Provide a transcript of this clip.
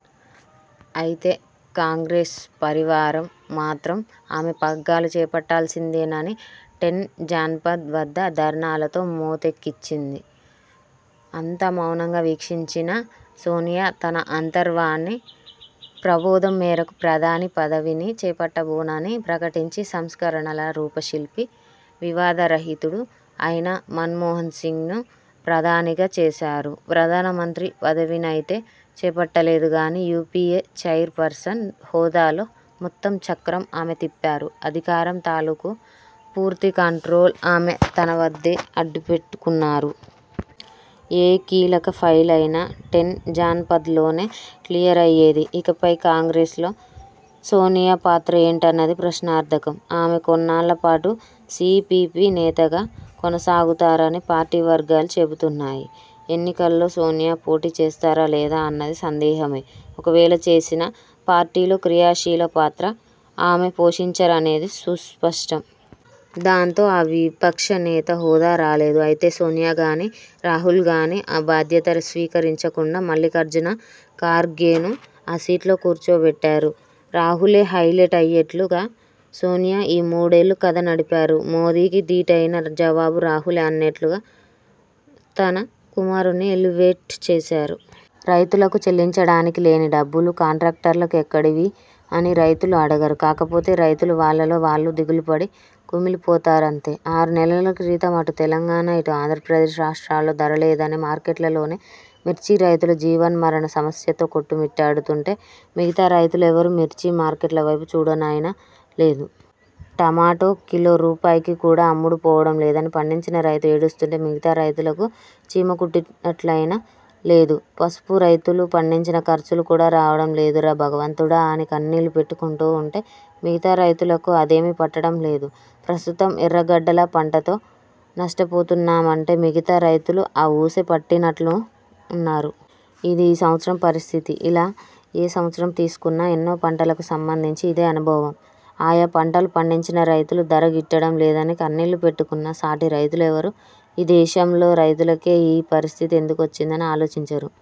అయితే కాంగ్రెస్ పరివారం మాత్రం ఆమె పగ్గాలు చేపట్టాల్సిందేనని టెన్ జన్పథ్ వద్ద ధర్నాలతో మోతెక్కించింది. అంతా మౌనంగా వీక్షించిన సోనియా- తన అంతర్వాణి ప్రబోధం మేరకు- ప్రధాని పదవిని చేపట్టబోనని ప్రకటించి -సంస్కరణల రూపశిల్పి, వివాద రహితుడు అయిన మన్మోహన్సింగ్ను ప్రధానిగా చేశారు. ప్రధానమంత్రి పదవినైతే చేపట్టలేదు గానీ- యూపీఏ ఛైర్ పర్సన్ హోదాలో మొత్తం చక్రం ఆమే తిప్పారు అధికారం తాలూకు పూర్తి కంట్రోలు ఆమె తన వద్దే అట్టిపెట్టుకున్నారు. ఏ కీలక ఫైలైనా టెన్ జన్పథ్లోనే క్లియరయ్యేది. ఇకపై కాంగ్రె్సలో సోనియా పాత్ర ఏంటన్నది ప్రశ్నార్థకం. ఆమె కొన్నాళ్ళ పాటు సీపీపీ నేతగా కొనసాగుతారని పార్టీ వర్గాలు చెబుతున్నాయి. ఎన్నికల్లో సోనియా పోటీ చేస్తారా లేదా అన్నది సందేహమే. ఒకవేళ చేసినా పార్టీలో క్రియాశీల పాత్ర ఆమె పోషించరనేది సుస్పష్టం. దాంతో ఆ విపక్షనేత హోదా రాలేదు. అయితే సోనియా గానీ, రాహుల్గానీ ఆ బాధ్యత స్వీకరించకుండా మల్లిఖార్జున ఖర్గేను ఆ సీట్లో కూర్చోపెట్టారు. రాహులే హైలైట్ అయ్యేట్లుగా సోనియా- ఈ మూడేళ్ళూ కథ నడిపారు. మోదీకి దీటైన జవాబు రాహులే అనేట్లుగా తన కుమారుణ్ణి ఎలివేట్ చేశారు. రైతులకు చెల్లించడానికి లేని డబ్బులు కాంట్రాక్టర్లకు ఎక్కడివి అని రైతులు అడగరు. కాకపోతే రైతులు వాళ్ళలో వాళ్ళు దిగులుపడి కుమిలిపోతారంతే. ఆరు నెలల క్రితం అటు తెలంగాణ ఇటు ఆంధ్ర ప్రదేశ్ రాష్ట్రాల్లో ధర లేదని మార్కెట్లలోనే మిర్చి రైతులు జీవన్మరణ సమస్యతో కొట్టుమిట్టాడుతుంటే, మిగతా రైతులెవరూ మిర్చి మార్కెట్ల వైపు చూడనయినా లేదు. టమాటో కిలో రూపాయికి కూడా అమ్ముడుపోవడం లేదని పండించిన రైతు ఏడుస్తుంటే మిగతా రైతులకు చీమకుట్టినట్లయినా లేదు. పసుపురైతులు పండించిన ఖర్చులు కూడా రావడం లేదురా భగవంతుడా అని కన్నీళ్లు పెట్టుకుంటూ ఉంటే మిగతా రైతులకు అదేమీ పట్టడం లేదు. ప్రస్తుతం ఎర్రగడ్డల పంటతో నష్టపోతున్నామంటే మిగతా రైతులు ఆ ఊసే పట్టనట్లున్నారు. ఇది ఈ సంవత్సరం పరిస్థితి. ఇలా ఏ సంవత్సరం తీసుకున్నా, ఎన్నో పంటలకు సంబందించి ఇదే అనుభవం. ఆయా పంటలు పండించిన రైతులు ధర గిట్టడం లేదని కన్నీళ్లు పెట్టుకున్నా, సాటి రైతులెవరూ ఈ దేశంలో రైతులకే ఈ పరిస్థితి ఎందుకొచ్చిందని ఆలోచించరు.